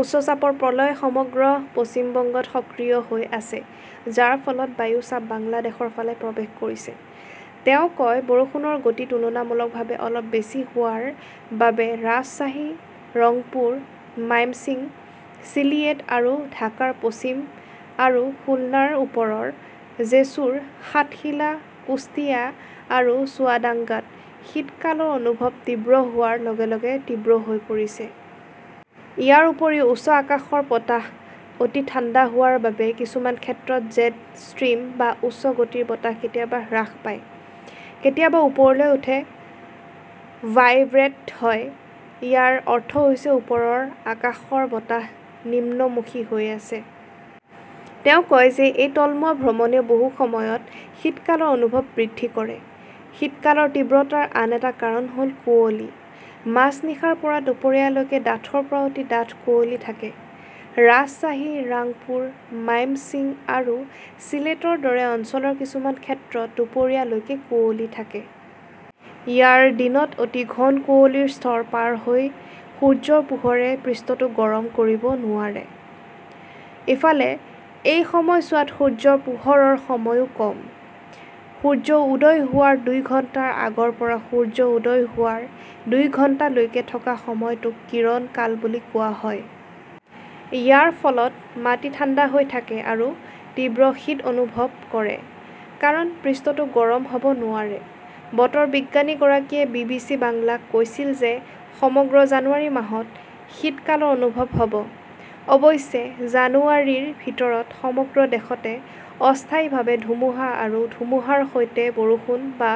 উচ্চ চাপৰ প্ৰলয় সমগ্ৰ পশ্চিম বংগত সক্ৰিয় হৈ আছে, যাৰ ফলত বায়ু চাপ বাংলাদেশৰ ফালে প্ৰৱেশ কৰিছে। তেওঁ কয় বৰষুণৰ গতি তুলনামূলকভাৱে অলপ বেছি হোৱাৰ বাবে ৰাজশ্বাহী, ৰংপুৰ, মাইমশ্বিং, চিলিয়েট আৰু ঢাকাৰ পশ্চিম আৰু খুলনাৰ ওপৰৰ জেছুৰ, সাতখিৰা, কুশ্তিয়া আৰু চুৱাডাঙ্গাত শীতকালৰ অনুভৱ তীব্ৰ হোৱাৰ লগে লগে তীব্ৰ হৈ পৰিছে। ইয়াৰ উপৰিও উচ্চ আকাশৰ বতাহ অতি ঠাণ্ডা হোৱাৰ বাবে কিছুমান ক্ষেত্ৰত 'জেড ষ্ট্ৰীম বা উচ্চ গতিৰ বতাহ কেতিয়াবা হ্ৰাস পায়, কেতিয়াবা ওপৰলৈ উঠে, ভাইব্ৰেট হয়। ইয়াৰ অৰ্থ হৈছে ওপৰৰ আকাশৰ বতাহ নিম্নমুখী হৈ আছে। তেওঁ কয় যে ,এই তলমুৱা ভ্ৰমণেও বহু সময়ত শীতকালৰ অনুভৱ বৃদ্ধি কৰে । শীতকালৰ তীব্ৰতাৰ আন এটা কাৰণ হ'ল কুঁৱলী। মাজনিশাৰ পৰা দুপৰীয়া লৈকে ডাঠৰ পৰা অতি ডাঠ কুঁৱলী থাকে। ৰাজশ্বাহী, ৰাংপুৰ, মাইমশ্বিং আৰু চিলেটৰ দৰে অঞ্চলৰ কিছুমান ক্ষেত্ৰত দুপৰীয়া লৈকে কুঁৱলী থাকে। ইয়াৰ দিনত অতি ঘন কুঁৱলীৰ স্তৰ পাৰ হৈ সূৰ্যৰ পোহৰে পৃষ্ঠটো গৰম কৰিব নোৱাৰে। ইফালে, এই সময়ছোৱাত সূৰ্যৰ পোহৰৰ সময়ও কম । সূৰ্য উদয় হোৱাৰ দুই ঘণ্টাৰ আগৰ পৰা সূৰ্য উদয় হোৱাৰ দুই ঘণ্টালৈকে থকা সময়টোক কিৰণ কাল বুলি কোৱা হয়। ইয়াৰ ফলত মাটি ঠাণ্ডা হৈ থাকে আৰু তীব্ৰ শীত অনুভৱ কৰে কাৰণ পৃষ্ঠটো গৰম হ'ব নোৱাৰে। বতৰ বিজ্ঞানীগৰাকীয়ে বি. বি. চি. বাংলাক কৈছিল যে, সমগ্ৰ জানুৱাৰী মাহত শীতকালৰ অনুভৱ হ'ব। অৱশ্যে, জানুৱাৰীৰ ভিতৰত সমগ্ৰ দেশতে অস্থায়ীভাৱে ধুমুহা আৰু ধুমুহাৰ সৈতে বৰষুণ বা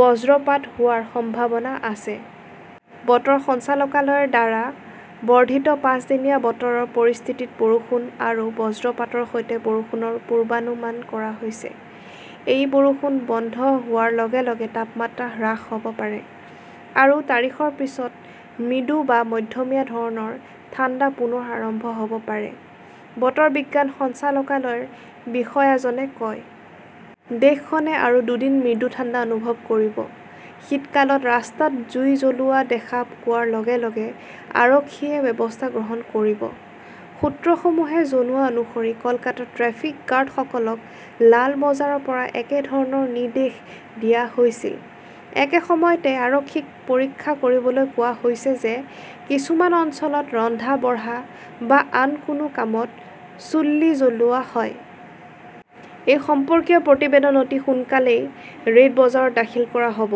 বজ্ৰপাত হোৱাৰ সম্ভাৱনা আছে। বতৰ সঞ্চালকালয়ৰ দ্বাৰা বৰ্ধিত পাঁচদিনীয়া বতৰৰ পৰিস্থিতিত বৰষুণ আৰু বজ্ৰপাতৰ সৈতে বৰষুণৰ পূৰ্বানুমান কৰা হৈছে। এই বৰষুণ বন্ধ হোৱাৰ লগে লগে তাপমাত্ৰা হ্ৰাস হ'ব পাৰে আৰু তাৰিখৰ পিছত মৃদু বা মধ্যমীয়া ধৰণৰ ঠাণ্ডা পুনৰ আৰম্ভ হ'ব পাৰে, বতৰ বিজ্ঞান সঞ্চালকালয়ৰ বিষয়াজনে কয়। দেশখনে আৰু দুদিন মৃদু ঠাণ্ডা অনুভৱ কৰিব। শীতকালত ৰাস্তাত জুই জ্বলোৱা দেখা পোৱাৰ লগে লগে আৰক্ষীয়ে ব্যৱস্থা গ্ৰহণ কৰিব। সূত্ৰসমূহে জনোৱা অনুসৰি কলকাতাৰ ট্ৰেফিক গাৰ্ডসকলক লাল বজাৰৰ পৰা একেধৰণৰ নিৰ্দেশ দিয়া হৈছিল। একে সময়তে, আৰক্ষীক পৰীক্ষা কৰিবলৈ কোৱা হৈছে যে কিছুমান অঞ্চলত ৰন্ধা-বঢ়া বা আন কোনো কামত চুল্লী জ্বলোৱা হয়। এই সম্পৰ্কীয় প্ৰতিবেদন অতি সোনকালেই ৰেড বজাৰত দাখিল কৰা হ'ব।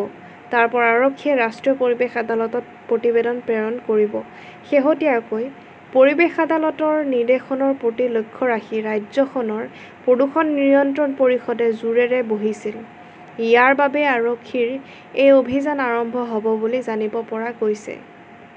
তাৰ পৰা আৰক্ষীয়ে ৰাষ্ট্ৰীয় পৰিৱেশ আদালতত প্ৰতিবেদন প্ৰেৰণ কৰিব। শেহতীয়াকৈ, পৰিৱেশ আদালতৰ নিৰ্দেশৰ প্ৰতি লক্ষ্য ৰাখি ৰাজ্যখনৰ প্ৰদূষণ নিয়ন্ত্ৰণ পৰিষদে জোৰেৰে বহিছিল। ইয়াৰ বাবেই আৰক্ষীৰ এই অভিযান আৰম্ভ হ'ব বুলি জানিব পৰা গৈছে।